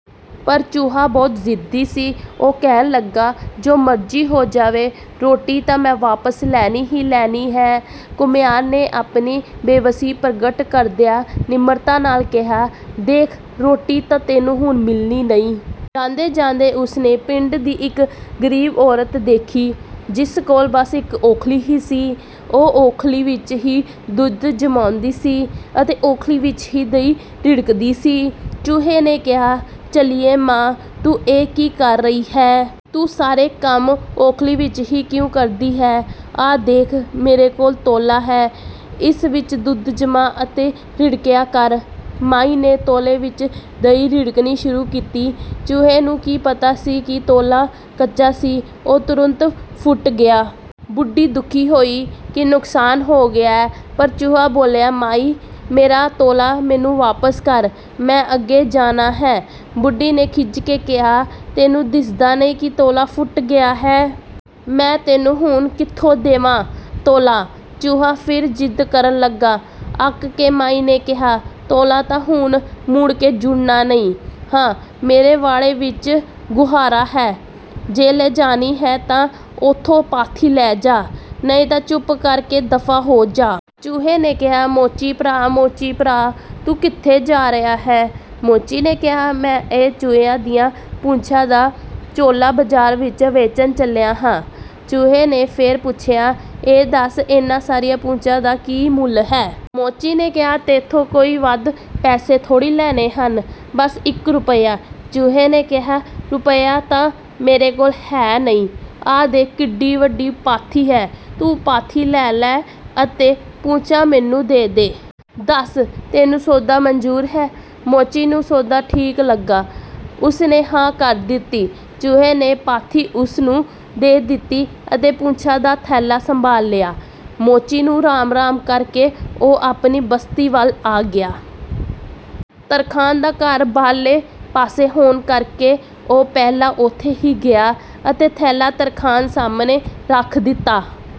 ਪਰ ਚੂਹਾ ਬਹੁਤ ਜ਼ਿੱਦੀ ਸੀ, ਉਹ ਕਹਿਣ ਲੱਗਾ, "ਜੋ ਮਰਜ਼ੀ ਹੋ ਜਾਵੇ, ਰੋਟੀ ਤਾਂ ਮੈਂ ਵਾਪਸ ਲੈਣੀ ਹੀ ਲੈਣੀ ਹੈ।" ਘੁਮਿਆਰ ਨੇ ਆਪਣੀ ਬੇਵਸੀ ਪ੍ਰਗਟ ਕਰਦਿਆਂ ਨਿਮਰਤਾ ਨਾਲ ਕਿਹਾ, "ਦੇਖ, ਰੋਟੀ ਤਾਂ ਤੈਨੂੰ ਹੁਣ ਮਿਲਣੀ ਨਹੀਂ। ਜਾਂਦੇ-ਜਾਂਦੇ ਉਸ ਨੇ ਪਿੰਡ ਦੀ ਇੱਕ ਗ਼ਰੀਬ ਔਰਤ ਦੇਖੀ, ਜਿਸ ਕੋਲ ਬਸ ਇੱਕ ਉੱਖਲੀ ਹੀ ਸੀ। ਉਹ ਉੱਖਲੀ ਵਿੱਚ ਹੀ ਦੁੱਧ ਜਮਾਉਂਦੀ ਸੀ ਅਤੇ ਉੱਖਲੀ ਵਿੱਚ ਹੀ ਦਹੀਂ ਰਿੜਕਦੀ ਸੀ। ਚੂਹੇ ਨੇ ਕਿਹਾ, "ਝੱਲੀਏ ਮਾਂ, ਤੂੰ ਇਹ ਕੀ ਕਰ ਰਹੀ ਹੈਂ? ਤੂੰ ਸਾਰੇ ਕੰਮ ਉੱਖਲੀ ਵਿੱਚ ਹੀ ਕਿਉਂ ਕਰਦੀ ਹੈਂ? ਆਹ ਦੇਖ, ਮੇਰੇ ਕੋਲ ਤੌਲਾ ਹੈ, ਇਸ ਵਿੱਚ ਦੁੱਧ ਜਮਾ ਅਤੇ ਰਿੜਕਿਆ ਕਰ।" ਮਾਈ ਨੇ ਤੌਲੇ ਵਿੱਚ ਦਹੀਂ ਰਿੜਕਣੀ ਸ਼ੁਰੂ ਕੀਤੀ। ਚੂਹੇ ਨੂੰ ਕੀ ਪਤਾ ਸੀ ਕਿ ਤੌਲਾ ਕੱਚਾ ਸੀ, ਉਹ ਤੁਰੰਤ ਫੁੱਟ ਗਿਆ। ਬੁੱਢੀ ਦੁਖੀ ਹੋਈ ਕਿ ਨੁਕਸਾਨ ਹੋ ਗਿਆ, ਪਰ ਚੂਹਾ ਬੋਲਿਆ, "ਮਾਈ, ਮੇਰਾ ਤੌਲਾ ਮੈਨੂੰ ਵਾਪਸ ਕਰ, ਮੈਂ ਅੱਗੇ ਜਾਣਾ ਹੈ।" ਬੁੱਢੀ ਨੇ ਖਿਝ ਕੇ ਕਿਹਾ, "ਤੈਨੂੰ ਦਿਸਦਾ ਨਹੀਂ ਕਿ ਤੌਲਾ ਫੁੱਟ ਗਿਆ ਹੈ? ਮੈਂ ਤੈਨੂੰ ਹੁਣ ਕਿੱਥੋਂ ਦੇਵਾਂ ਤੌਲਾ?" ਚੂਹਾ ਫਿਰ ਜ਼ਿੱਦ ਕਰਨ ਲੱਗਾ। ਅੱਕ ਕੇ ਮਾਈ ਨੇ ਕਿਹਾ, "ਤੌਲਾ ਤਾਂ ਹੁਣ ਮੁੜ ਕੇ ਜੁੜਨਾ ਨਹੀਂ। ਹਾਂ, ਮੇਰੇ ਵਾੜੇ ਵਿੱਚ ਗੁਹਾਰਾ ਹੈ, ਜੇ ਲਿਜਾਣੀ ਹੈ ਤਾਂ ਉੱਥੋਂ ਪਾਥੀ ਲੈ ਜਾ, ਨਹੀਂ ਤਾਂ ਚੁੱਪ ਕਰ ਕੇ ਦਫ਼ਾ ਹੋ ਜਾ।" ਚੂਹੇ ਨੇ ਕਿਹਾ, "ਮੋਚੀ ਭਰਾ, ਮੋਚੀ ਭਰਾ! ਤੂੰ ਕਿੱਥੇ ਜਾ ਰਿਹਾ ਹੈਂ?" ਮੋਚੀ ਨੇ ਕਿਹਾ, "ਮੈਂ ਇਹ ਚੂਹਿਆਂ ਦੀਆਂ ਪੂਛਾਂ ਦਾ ਝੋਲਾ ਬਾਜ਼ਾਰ ਵਿੱਚ ਵੇਚਣ ਚੱਲਿਆ ਹਾਂ।" ਚੂਹੇ ਨੇ ਫਿਰ ਪੁੱਛਿਆ, "ਇਹ ਦੱਸ, ਇਹਨਾਂ ਸਾਰੀਆਂ ਪੂਛਾਂ ਦਾ ਕੀ ਮੁੱਲ ਹੈ?" ਮੋਚੀ ਨੇ ਕਿਹਾ, "ਤੈਥੋਂ ਕੋਈ ਵੱਧ ਪੈਸੇ ਥੋੜ੍ਹੀ ਲੈਣੇ ਹਨ, ਬਸ ਇੱਕ ਰੁਪਿਆ।" ਚੂਹੇ ਨੇ ਕਿਹਾ, "ਰੁਪਿਆ ਤਾਂ ਮੇਰੇ ਕੋਲ ਹੈ ਨਹੀਂ, ਆਹ ਦੇਖ ਕਿੱਡੀ ਵੱਡੀ ਪਾਥੀ ਹੈ। ਤੂੰ ਪਾਥੀ ਲੈ ਲੈ ਅਤੇ ਪੂਛਾਂ ਮੈਨੂੰ ਦੇ ਦੇ। ਦੱਸ, ਤੈਨੂੰ ਸੌਦਾ ਮਨਜ਼ੂਰ ਹੈ?" ਮੋਚੀ ਨੂੰ ਸੌਦਾ ਠੀਕ ਲੱਗਾ, ਉਸ ਨੇ ਹਾਂ ਕਰ ਦਿੱਤੀ। ਚੂਹੇ ਨੇ ਪਾਥੀ ਉਸ ਨੂੰ ਦੇ ਦਿੱਤੀ ਅਤੇ ਪੂਛਾਂ ਦਾ ਥੈਲਾ ਸੰਭਾਲ ਲਿਆ। ਮੋਚੀ ਨੂੰ ਰਾਮ-ਰਾਮ ਕਰ ਕੇ ਉਹ ਆਪਣੀ ਬਸਤੀ ਵੱਲ ਆ ਗਿਆ। ਤਰਖਾਣ ਦਾ ਘਰ ਬਾਹਰਲੇ ਪਾਸੇ ਹੋਣ ਕਰਕੇ ਉਹ ਪਹਿਲਾਂ ਉੱਥੇ ਹੀ ਗਿਆ ਅਤੇ ਥੈਲਾ ਤਰਖਾਣ ਸਾਹਮਣੇ ਰੱਖ ਦਿੱਤਾ।